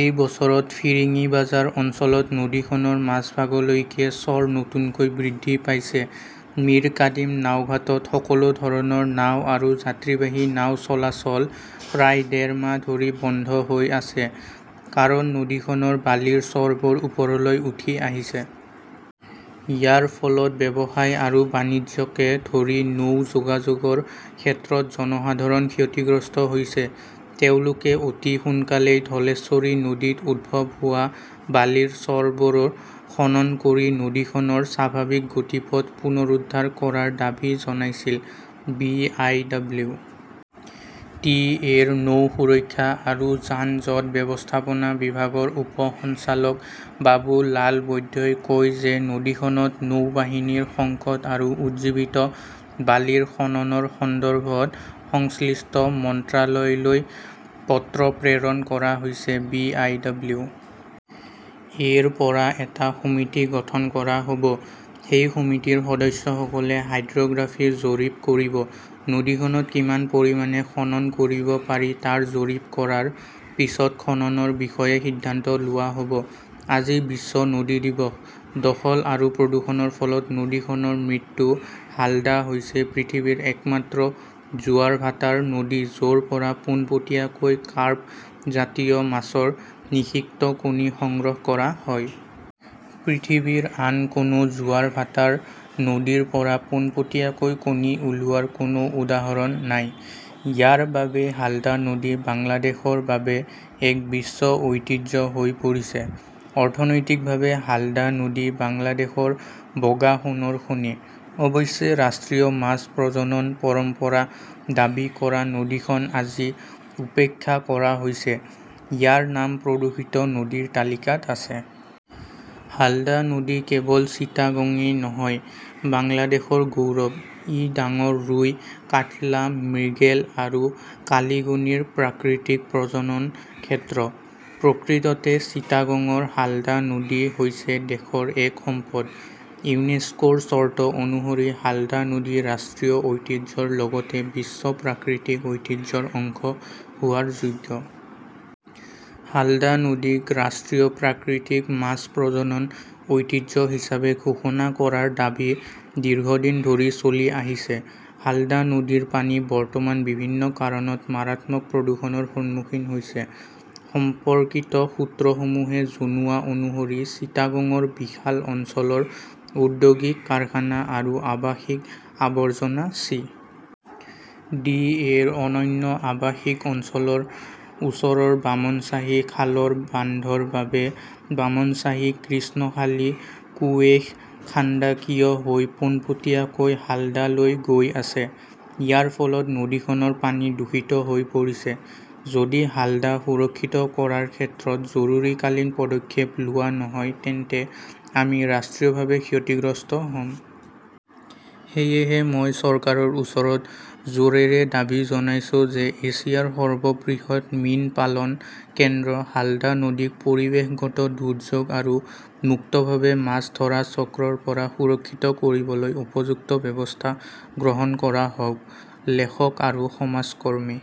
এই বছৰত ফিৰিঙ্গিবাজাৰ অঞ্চলত নদীখনৰ মাজভাগলৈকে চৰ নতুনকৈ বৃদ্ধি পাইছে। মিৰকাদিম নাওঘাটত সকলো ধৰণৰ নাও আৰু যাত্ৰীবাহী নাও চলাচল প্ৰায় ডেৰ মাহ ধৰি বন্ধ হৈ আছে কাৰণ নদীখনৰ বালিৰ চৰবোৰ ওপৰলৈ উঠি আহিছে। ইয়াৰ ফলত ব্যৱসায় আৰু বাণিজ্যকে ধৰি নৌ যোগাযোগৰ ক্ষেত্ৰত জনসাধাৰণ ক্ষতিগ্ৰস্ত হৈছে। তেওঁলোকে অতি সোনকালেই ধলেশ্বৰী নদীত উদ্ভৱ হোৱা বালিৰ চৰবোৰ খনন কৰি নদীখনৰ স্বাভাৱিক গতিপথ পুনৰুদ্ধাৰ কৰাৰ দাবী জনাইছিল। B. I. W. T. A. ৰ নৌ সুৰক্ষা আৰু যান-জঁট ব্যৱস্থাপনা বিভাগৰ উপ সঞ্চালক বাবু লাল বৈদ্যই কয় যে নদীখনত নৌবাহিনীৰ সংকট আৰু উজ্জীৱিত বালিৰ খননৰ সন্দৰ্ভত সংশ্লিষ্ট মন্ত্ৰালয়লৈ পত্ৰ প্ৰেৰণ কৰা হৈছে। বি. আই. ডব্লিউ. এ.ৰ পৰা এটা সমিতি গঠন কৰা হ'ব। সেই সমিতিৰ সদস্যসকলে হাইড্ৰ'গ্ৰাফী জৰীপ কৰিব। নদীখনত কিমান পৰিমাণে খনন কৰিব পাৰি তাৰ জৰীপ কৰাৰ পিছত খননৰ বিষয়ে সিদ্ধান্ত লোৱা হ'ব। আজি বিশ্ব নদী দিৱস, দখল আৰু প্ৰদূষণৰ ফলত নদীখনৰ মৃত্যু হালদা হৈছে পৃথিৱীৰ একমাত্ৰ জোৱাৰ ভাটাৰ নদী য'ৰ পৰা পোনপটীয়াকৈ কাৰ্প জাতীয় মাছৰ নিষিক্ত কণী সংগ্ৰহ কৰা হয়। পৃথিৱীৰ আন কোনো জোৱাৰ ভাটাৰ নদীৰ পৰা পোনপটীয়াকৈ কণী উলিওৱাৰ কোনো উদাহৰণ নাই। ইয়াৰ বাবেই হালদা নদী বাংলাদেশৰ বাবে এক বিশ্ব ঐতিহ্য হৈ পৰিছে। অৰ্থনৈতিকভাৱে হালদা নদী বাংলাদেশৰ বগা সোণৰ খনি। অৱশ্যে, ৰাষ্ট্ৰীয় মাছ প্ৰজনন পৰম্পৰা দাবী কৰা নদীখন আজি উপেক্ষা কৰা হৈছে, ইয়াৰ নাম প্ৰদূষিত নদীৰ তালিকাত আছে। হালদা নদী কেৱল চিটাগংয়ে নহয়, বাংলাদেশৰ গৌৰৱ। ই ডাঙৰ ৰুই, কাৎলা, মিৰ্গেল আৰু কালিগনিৰ প্ৰাকৃতিক প্ৰজনন ক্ষেত্ৰ। প্ৰকৃততে চিটাগংৰ হালদা নদী হৈছে দেশৰ এক সম্পদ। ইউনেস্কোৰ চৰ্ত অনুসৰি হালদা নদী ৰাষ্ট্ৰীয় ঐতিহ্যৰ লগতে বিশ্ব প্ৰাকৃতিক ঐতিহ্যৰ অংশ হোৱাৰ যোগ্য। হালদা নদীক ৰাষ্ট্ৰীয় প্ৰাকৃতিক মাছ প্ৰজনন ঐতিহ্য হিচাপে ঘোষণা কৰাৰ দাবী দীৰ্ঘদিন ধৰি চলি আহিছে। হালদা নদীৰ পানী বৰ্তমান বিভিন্ন কাৰণত মাৰাত্মক প্ৰদূষণৰ সন্মুখীন হৈছে। সম্পৰ্কিত সূত্ৰসমূহে জনোৱা অনুসৰি, চিটাগংৰ বিশাল অঞ্চলৰ ঔদ্যোগিক কাৰখানা আৰু আৱাসিক আৱৰ্জনা চি. ডি. এ. ৰ অনন্য আৱাসিক অঞ্চলৰ ওচৰৰ বামনশ্বাহী খালৰ বান্ধৰ বাবে বামনশ্বাহী, কৃষ্ণখালী, কুৱেইশ খাণ্ডাকিয়া হৈ পোনপটীয়াকৈ হালদালৈ গৈ আছে। ইয়াৰ ফলত নদীখনৰ পানী দূষিত হৈ পৰিছে। যদি হালদা সুৰক্ষিত কৰাৰ ক্ষেত্ৰত জৰুৰীকালীন পদক্ষেপ লোৱা নহয় তেন্তে আমি ৰাষ্ট্ৰীয়ভাৱে ক্ষতিগ্ৰস্ত হ'ম। সেয়েহে, মই চৰকাৰৰ ওচৰত জোৰেৰে দাবী জনাইছো যে এছিয়াৰ সৰ্ববৃহৎ মীন পালন কেন্দ্ৰ হালদা নদীক পৰিৱেশগত দুৰ্যোগ আৰু মুক্তভাৱে মাছ ধৰা চক্ৰৰ পৰা সুৰক্ষিত কৰিবলৈ উপযুক্ত ব্যৱস্থা গ্ৰহণ কৰা হওক - লেখক আৰু সমাজ কৰ্মী।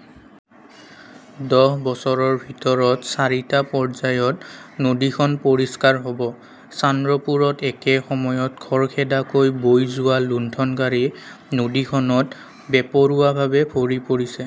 দহ বছৰৰ ভিতৰত চাৰিটা পৰ্যায়ত নদীখন পৰিষ্কাৰ হ'ব । চান্দপুৰত একে সময়ত খৰখেদাকৈ বৈ যোৱা লুণ্ঠনকাৰী নদীখনত বেপৰোৱাভাৱে ভৰি পৰিছে।